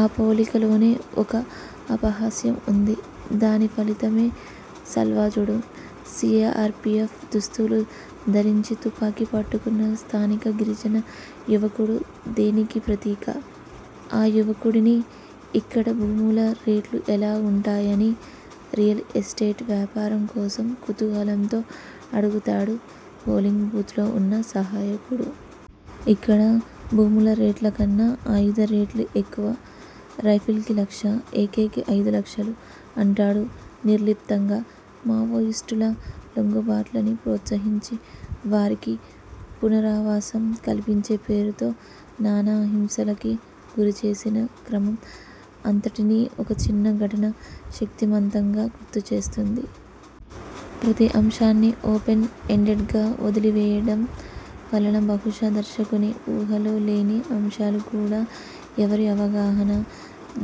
ఆ పోలికలోనే ఒక అపహాస్యం ఉంది. దాని ఫలితమే సల్వాజుడుం. సీఆర్పీఎఫ్ దుస్తులు ధరించి తుపాకీ పట్టుకున్న స్థానిక గిరిజన యువకుడు దేనికి ప్రతీక?! ఆ యువకుడిని 'ఇక్కడ భూముల రేట్లు ఎలా ఉంటాయని' రియల్ ఎస్టేట్ వ్యాపారం కోసం కుతూహలంతో అడుగుతాడు పోలింగ్ బూత్లో ఉన్న సహాయకుడు. 'ఇక్కడ భూముల రేట్ల కన్నా ఆయుధాల రేట్లు ఎక్కువ, రైఫిల్కి లక్ష, ఏకే కి అయిదు లక్షలు' అంటాడు నిర్లిప్తంగా. మావోయిస్టుల లొంగుబాట్లని ప్రోత్సహించి వారికి పునరావాసం కల్పించే పేరుతో నానా హింసలకీ గురిచేసిన క్రమం అంతటినీ ఒక చిన్న ఘటన శక్తిమంతంగా గుర్తు చేస్తుంది. ప్రతి అంశాన్నీ ఓపెన్ ఎండెడ్గా వదిలివేయడం వలన బహుశా దర్శకుని ఊహలో లేని అంశాలు కూడా ఎవరి అవగాహన,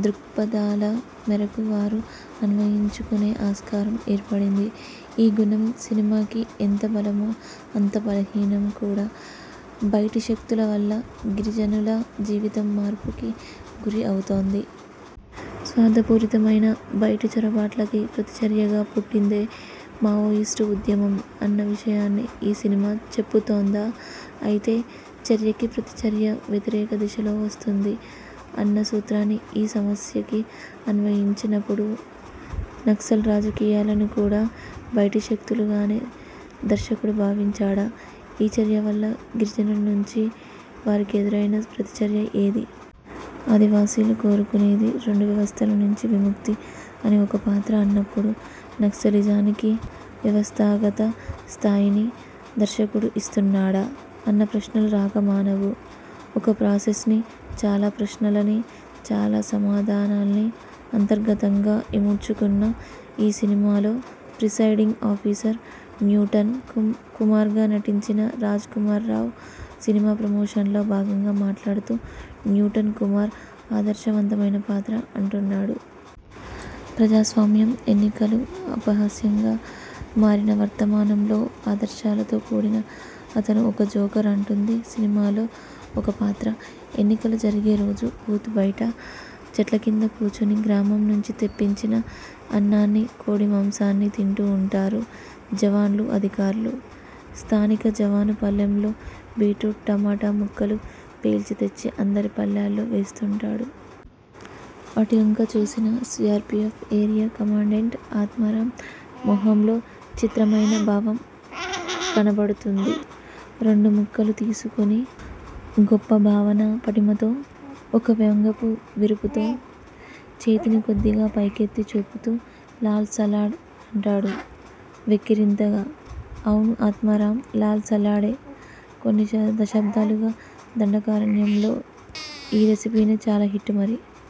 దృక్పథాల మేరకు వారు అన్వయించుకునే ఆస్కారం ఏర్పడింది. ఈ గుణం సినిమాకి ఎంత బలమో అంత బలహీనం కూడా. బైటిశక్తుల వల్ల గిరిజనుల జీవితం మార్పుకి గురి అవుతోంది. స్వార్థపూరితమైన బైటి చొరబాట్లకి ప్రతిచర్యగా పుట్టిందే మావోయిస్టు ఉద్యమం అన్న విషయాన్ని ఈ సినిమా చెపుతోందా? అయితే చర్యకి ప్రతిచర్య వ్యతిరేక దిశలో వస్తుంది అన్న సూత్రాన్ని ఈ సమస్యకి అన్వయించినపుడు నక్సల్ రాజకీయాలను కూడా బైటి శక్తులుగానే దర్శకుడు భావించాడా? ఈ చర్య వల్ల గిరిజనుల నుంచి వారికి ఎదురైన ప్రతిచర్య ఏది? ఆదివాసీలు కోరుకునేది 'రెండు వ్యవస్థల నుంచి విముక్తి' అని ఒక పాత్ర అన్నపుడు నక్సలిజానికి వ్యవస్థాగత స్థాయిని దర్శకుడు ఇస్తున్నాడా? అన్న ప్రశ్నలు రాక మానవు. ఒక ప్రాసెస్ని, చాలా ప్రశ్నలని, చాలా సమాధానాల్ని అంతర్గతంగా ఇముడ్చుకున్న ఈ సినిమాలో ప్రిసైడింగ్ ఆఫీసర్ న్యూటన్ కుమార్గా నటించిన రాజ్ కుమార్ రావు సినిమా ప్రమోషన్లో భాగంగా మాట్లాడుతూ 'న్యూటన్ కుమార్ ఆదర్శవంతమైన పాత్ర' అంటున్నాడు. ప్రజా స్వామ్యం, ఎన్నికలు అపహాస్యంగా మారిన వర్తమానంలో ఆదర్శాలతో కూడిన అతను ఒక జోకర్ అంటుంది సినిమాలో ఒక పాత్ర. ఎన్నికలు జరిగే రోజు బూత్ బైట చెట్లకింద కూచుని గ్రామం నుంచి తెప్పించిన అన్నాన్ని, కోడిమాంసాన్ని తింటూ ఉంటారు జవాన్లు, అధికారులు. స్థానిక జవాను పళ్ళెంలో బీట్రూట్, టమాటా ముక్కలు పేర్చి తెచ్చి అందరి పళ్ళాల్లో వేస్తుంటాడు. వాటివంక చూసిన సీఆర్పీఎఫ్ ఏరియా కమాండెంట్ ఆత్మారాం మొహంలో చిత్రమైన భావం కనపడుతుంది. రెండుముక్కలు తీసుకుని గొప్ప భావనా పటిమతో, ఒక వ్యంగ్యపు విరుపుతో చేతినికొద్దిగా పైకెత్తి చూపుతూ 'లాల్ సలాడ్! ' అంటాడు వెక్కిరింతగా. అవును ఆత్మారామ్ లాల్ సలాడే! కొన్ని దశాబ్దాలుగా దండకారణ్యంలో ఈ రెసిపినే చాలా హిట్టు మరి.